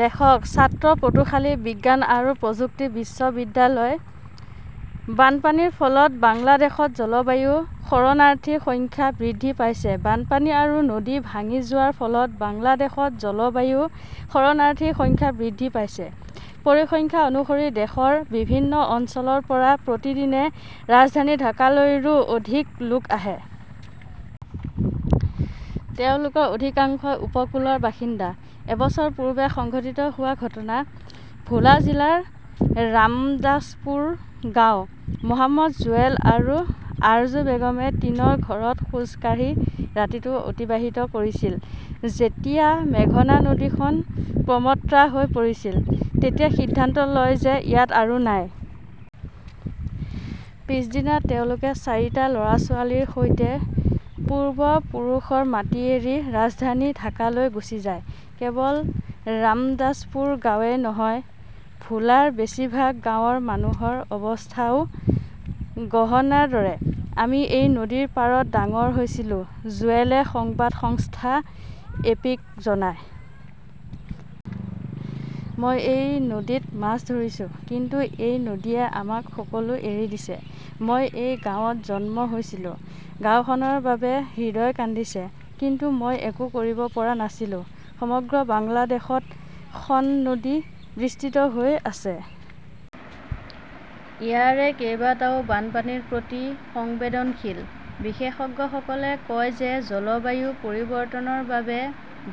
লেখকঃ ছাত্ৰ, পটুখালি বিজ্ঞান আৰু প্ৰযুক্তি বিশ্ববিদ্যালয়। বানপানীৰ ফলত বাংলাদেশত জলবায়ু শৰণাৰ্থীৰ সংখ্যা বৃদ্ধি পাইছে বানপানী আৰু নদী ভাঙি যোৱাৰ ফলত বাংলাদেশত জলবায়ু শৰণাৰ্থীৰ সংখ্যা বৃদ্ধি পাইছে। পৰিসংখ্যা অনুসৰি দেশৰ বিভিন্ন অঞ্চলৰ পৰা প্ৰতিদিনে ৰাজধানী ঢাকালৈ, ৰো অধিক লোক আহে। তেওঁলোকৰ অধিকাংশই উপকূলৰ বাসিন্দা। এবছৰ পূৰ্বে সংঘটিত হোৱা ঘটনা। ভোলা জিলাৰ ৰামদাসপুৰ গাঁও। মহম্মদ জুৱেল আৰু আৰ্জু বেগমে টিনৰ ঘৰত খোজ কাঢ়ি ৰাতিটো অতিবাহিত কৰিছিল যেতিয়া মেঘনা নদীখন প্ৰমট্টা হৈ পৰিছিল। তেতিয়া সিদ্ধান্ত লয় যে ইয়াত আৰু নাই। পিছদিনা তেওঁলোকে চাৰিটা ল "ৰা-ছোৱালীৰ সৈতে পূৰ্বপুৰুষৰ মাটি এৰি ৰাজধানী ঢাকালৈ গুচি যায়। কেৱল ৰামদাসপুৰ গাঁৱেই নহয়, ভোলাৰ বেছিভাগ গাঁৱৰ মানুহৰ অৱস্থাও গহনাৰ দৰে। আমি এই নদীৰ পাৰত ডাঙৰ হৈছিলো ", জুৱেলে সংবাদ সংস্থা এপিক জনায়। মই এই নদীত মাছ ধৰিছো। কিন্তু এই নদীয়ে আমাক সকলো এৰি দিছে। মই এই গাঁৱত জন্ম হৈছিলো। গাওঁখনৰ বাবে হৃদয় কান্দিছে। কিন্তু মই একো কৰিব পৰা নাছিলো। সমগ্ৰ বাংলাদেশত খন নদী বিস্তৃত হৈ আছে। ইয়াৰে কেইবাটাও বানপানীৰ প্ৰতি সংবেদনশীল। বিশেষজ্ঞসকলে কয় যে জলবায়ু পৰিৱৰ্তনৰ বাবে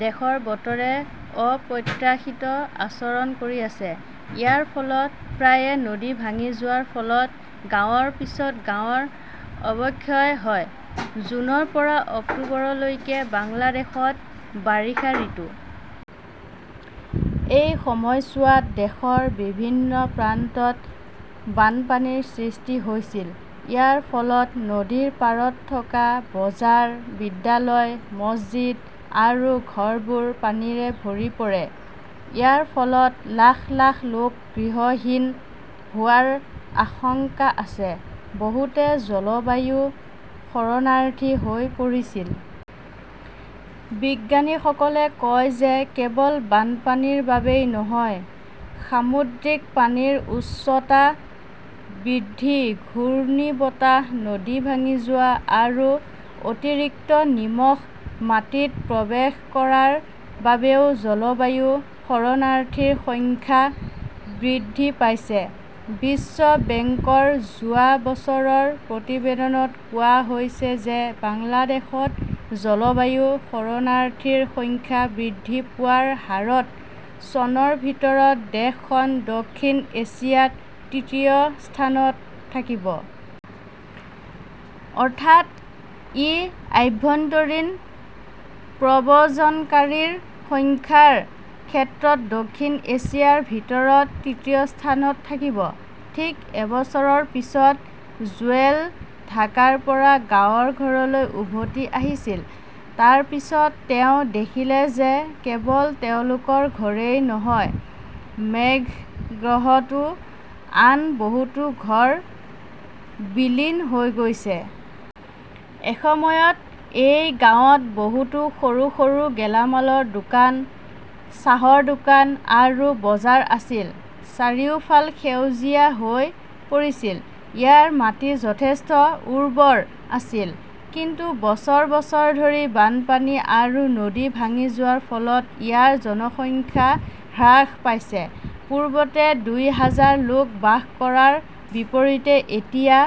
দেশৰ বতৰে অপ্ৰত্যাশিত আচৰণ কৰি আছে। ইয়াৰ ফলত প্ৰায়ে নদী ভাঙি যোৱাৰ ফলত গাঁৱৰ পিছত গাঁৱৰ অৱক্ষয় হয়। জুনৰ পৰা অক্টোবৰলৈকে বাংলাদেশত বাৰিষা ঋতু। এই সময়ছোৱাত দেশৰ বিভিন্ন প্ৰান্তত বানপানীৰ সৃষ্টি হৈছিল। ইয়াৰ ফলত নদীৰ পাৰত থকা বজাৰ, বিদ্যালয়, মছজিদ আৰু ঘৰবোৰ পানীৰে ভৰি পৰে। ইয়াৰ ফলত লাখ লাখ লোক গৃহহীন হোৱাৰ আশংকা আছে। বহুতে 'জলবায়ু শৰণাৰ্থী "হৈ পৰিছিল। বিজ্ঞানীসকলে কয় যে কেৱল বানপানীৰ বাবেই নহয়, সামুদ্ৰিক পানীৰ উচ্চতা বৃদ্ধি, ঘূৰ্ণীবতাহ, নদী ভাঙি যোৱা আৰু অতিৰিক্ত নিমখ মাটিত প্ৰৱেশ কৰাৰ বাবেও জলবায়ু শৰণাৰ্থীৰ সংখ্যা বৃদ্ধি পাইছে। বিশ্ব বেংকৰ যোৱা বছৰৰ প্ৰতিবেদনত কোৱা হৈছে যে বাংলাদেশত জলবায়ু শৰণাৰ্থীৰ সংখ্যা বৃদ্ধি পোৱাৰ হাৰত চনৰ ভিতৰত দেশখন দক্ষিণ এছিয়াত তৃতীয় স্থানত থাকিব। অৰ্থাৎ ই আভ্যন্তৰীণ প্ৰব্ৰজনকাৰীৰ সংখ্যাৰ ক্ষেত্ৰত দক্ষিণ এছিয়াৰ ভিতৰত তৃতীয় স্থানত থাকিব। ঠিক এবছৰৰ পিছত জুৱেল ঢাকাৰ পৰা গাঁৱৰ ঘৰলৈ উভতি আহিছিল। তাৰ পিছত তেওঁ দেখিলে যে কেৱল তেওঁলোকৰ ঘৰেই নহয়, মেঘগ্ৰহতো আন বহুতো ঘৰ বিলীন হৈ গৈছে। এসময়ত এই গাঁৱত বহুতো সৰু সৰু গেলামালৰ দোকান, চাহৰ দোকান আৰু বজাৰ আছিল। চাৰিওফাল সেউজীয়া হৈ পৰিছিল। ইয়াৰ মাটি যথেষ্ট উৰ্বৰ আছিল। কিন্তু বছৰ বছৰ ধৰি বানপানী আৰু নদী ভাঙি যোৱাৰ ফলত ইয়াৰ জনসংখ্যা হ্ৰাস পাইছে। পূৰ্বতে দুই হাজাৰ লোক বাস কৰাৰ বিপৰীতে এতিয়া